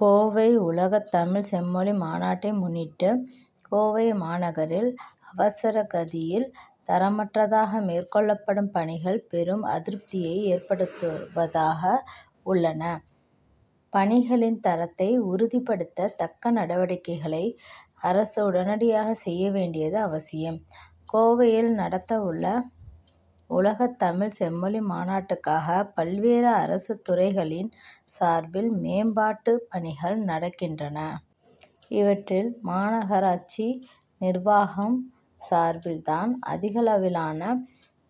கோவை உலகத்தமிழ்ச் செம்மொழி மாநாட்டை முன்னிட்டு கோவை மாநகரில் அவசர கதியில் தரமற்றதாக மேற்கொள்ளப்படும் பணிகள் பெரும் அதிருப்தியை ஏற்படுத்துவதாக உள்ளன. பணிகளின் தரத்தை உறுதிப்படுத்த தக்க நடவடிக்கைகளை அரசு உடனடியாக செய்ய வேண்டியது அவசியம். கோவையில் நடக்கவுள்ள உலகத்தமிழ்ச் செம்மொழி மாநாட்டுக்காக பல்வேறு அரசுத் துறைகளின் சார்பில் மேம்பாட்டுப் பணிகள் நடக்கின்றன. இவற்றில் மாநகராட்சி நிர்வாகம் சார்பில் தான் அதிகளவிலான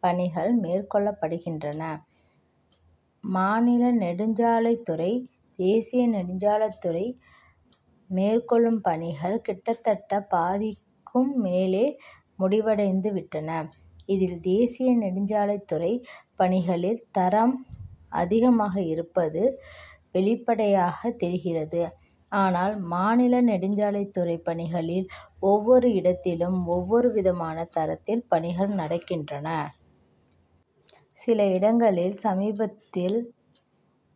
பணிகள் மேற்கொள்ளப்படுகின்றன. மாநில நெடுஞ்சாலைத்துறை தேசிய நெடுஞ்சாலைத்துறை மேற்கொள்ளும் பணிகள் கிட்டத்தட்ட பாதிக்கும் மேலே முடிவடைந்து விட்டன. இதில் தேசிய நெடுஞ்சாலைத்துறை பணிகளில் தரம் அதிகமாக இருப்பது வெளிப்படையாகத் தெரிகிறது. ஆனால் மாநில நெடுஞ்சாலைத்துறைப் பணிகளில் ஒவ்வொரு இடத்திலும் ஒவ்வொரு விதமான தரத்தில் பணிகள் நடக்கின்றன. சில இடங்களில் சமீபத்தில்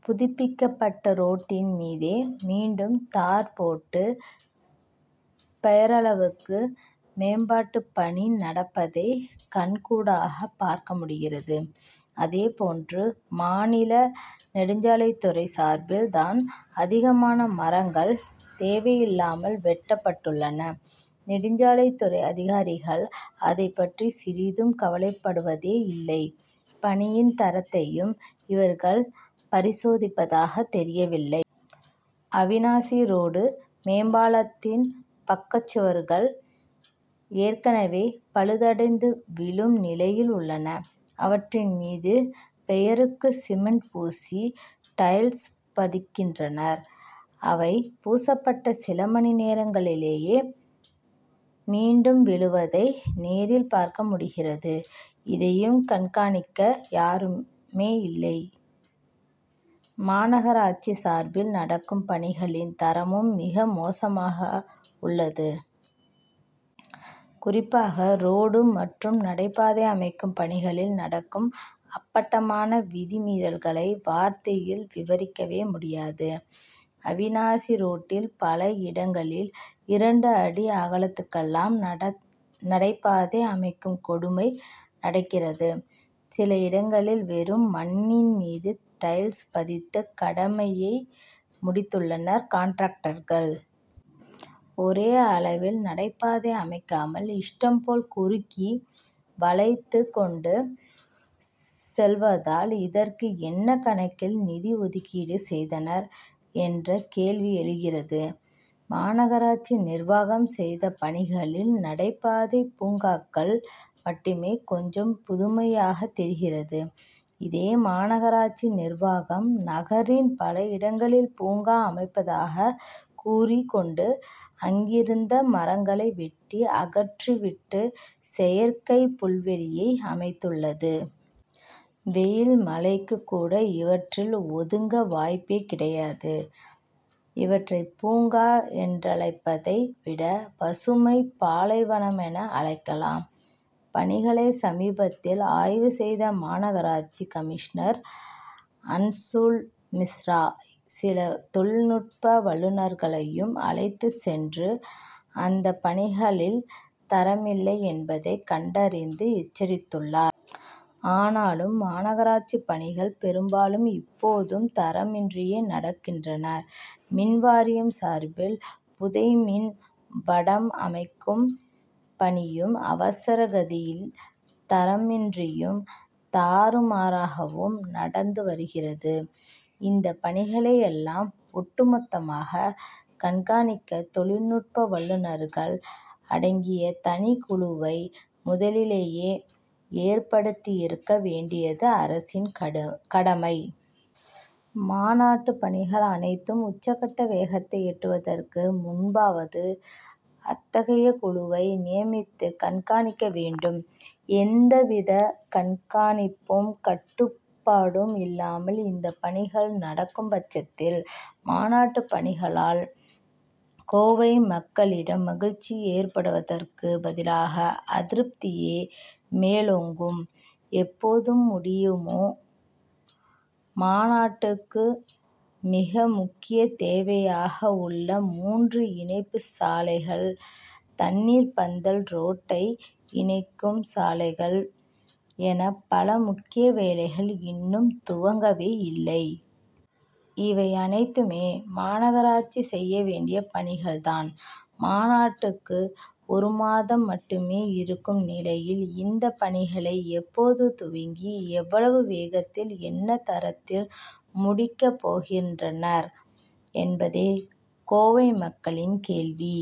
புதுப்பிக்கப்பட்ட ரோட்டின் மீதே மீண்டும் தார் போட்டு பெயரளவுக்கு மேம்பாட்டுப் பணி நடப்பதை கண்கூடாகப் பார்க்க முடிகிறது. அதேபோன்று மாநில நெடுஞ்சாலைத்துறை சார்பில் தான் அதிகமான மரங்கள் தேவையில்லாமல் வெட்டப்பட்டுள்ளன. நெடுஞ்சாலைத்துறை அதிகாரிகள் அதைப் பற்றி சிறிதும் கவலைப்படுவதே இல்லை. பணியின் தரத்தையும் இவர்கள் பரிசோதிப்பதாகத் தெரியவில்லை. அவினாசி ரோடு மேம்பாலத்தின் பக்கச்சுவர்கள் ஏற்கனவே பாழடைந்து விழும் நிலையில் உள்ளன. அவற்றின் மீது பெயருக்கு சிமெண்ட் பூசி டைல்ஸ் பதிக்கின்றனர். அவை பூசப்பட்ட சில மணி நேரங்களிலேயே மீண்டும் விழுவதை நேரில் பார்க்க முடிகிறது. இதையும் கண்காணிக்க யாருமேயில்லை. மாநகராட்சி சார்பில் நடக்கும் பணிகளின் தரமும் மிக மோசமாகவுள்ளது. குறிப்பாக ரோடு மற்றும் நடைபாதை அமைக்கும் பணிகளில் நடக்கும் அப்பட்டமான விதி மீறல்களை வார்த்தைகளில் விவரிக்கவே முடியாது. அவினாசி ரோட்டில் பல இடங்களில் இரண்டு அடி அகலத்துக்கெல்லாம் நடைபாதை அமைக்கும் கொடுமை நடக்கிறது. சில இடங்களில் வெறும் மண்ணின் மீது டைல்ஸ் பதித்து கடமையை முடித்துள்ளனர் காண்ட்ராக்டர்கள். ஒரே அளவில் நடைபாதை அமைக்காமல் இஷ்டம்போல் குறுக்கி வளைத்து கொண்டு செல்வதால் இதற்கு என்ன கணக்கில் நிதி ஒதுக்கீடு செய்தனர் என்ற கேள்வி எழுகிறது. மாநகராட்சி நிர்வாகம் செய்த பணிகளில் நடைபாதைப் பூங்காக்கள் மட்டுமே கொஞ்சம் புதுமையாகத் தெரிகிறது. இதே மாநகராட்சி நிர்வாகம் நகரின் பல இடங்களில் பூங்கா அமைப்பதாகக் கூறிக் கொண்டு அங்கிருந்த மரங்களை வெட்டி அகற்றி விட்டு செயற்கைப் புல்வெளியை அமைத்துள்ளது. வெயில் மழைக்குக் கூட இவற்றில் ஒதுங்க வாய்ப்பே கிடையாது. இவற்றை பூங்கா என்றழைப்பதை விட பசுமைப் பாலைவனமென அழைக்கலாம். பணிகளை சமீபத்தில் ஆய்வு செய்த மாநகராட்சி கமிஷனர் அன்சுல் மிஸ்ரா சில தொழில்நுட்ப வல்லுனர்களையும் அழைத்துச் சென்று அந்தப் பணிகளில் தரமில்லை என்பதைக் கண்டறிந்து எச்சரித்துள்ளார். ஆனாலும் மாநகராட்சிப் பணிகள் பெரும்பாலும் இப்போதும் தரமின்றியே நடக்கின்றன. மின் வாரியம் சார்பில் புதை மின் வடம் அமைக்கும் பணியும் அவசர கதியில் தரமின்றியும் தாறுமாறாகவும் நடந்து வருகிறது. இந்த பணிகளை எல்லாம் ஒட்டு மொத்தமாகக் கண்காணிக்க தொழில்நுட்ப வல்லுனர்கள் அடங்கிய தனிக்குழுவை முதலிலேயே ஏற்படுத்தியிருக்க வேண்டியது அரசின் கடமை. மாநாட்டுப் பணிகள் அனைத்தும் உச்ச கட்ட வேகத்தை எட்டுவதற்கு முன்பாவது அத்தகைய குழுவை நியமித்து கண்காணிக்க வேண்டும். எந்த வித கண்காணிப்பும் கட்டுப்பாடும் இல்லாமல் இந்த பணிகள் நடக்கும்பட்சத்தில் மாநாட்டுப் பணிகளால் கோவை மக்களிடம் மகிழ்ச்சி ஏற்படுவதற்குப் பதிலாக அதிருப்தியே மேலோங்கும். எப்போது முடியுமோ மாநாட்டுக்கு மிக முக்கியத் தேவையாகவுள்ள மூன்று இணைப்புச் சாலைகள் தண்ணீர்ப் பந்தல் ரோட்டை இணைக்கும் சாலை என பல முக்கிய வேலைகள் இன்னும் துவங்கவே இல்லை. இவை அனைத்துமே மாநகராட்சி செய்ய வேண்டிய பணிகள் தான். மாநாட்டுக்கு ஒரு மாதம் மட்டுமே இருக்கும் நிலையில் இந்தப் பணிகளை எப்போது துவங்கி எவ்வளவு வேகத்தில் என்ன தரத்தில் முடிக்கப்போகின்றனர் என்பதே கோவை மக்களின் கேள்வி.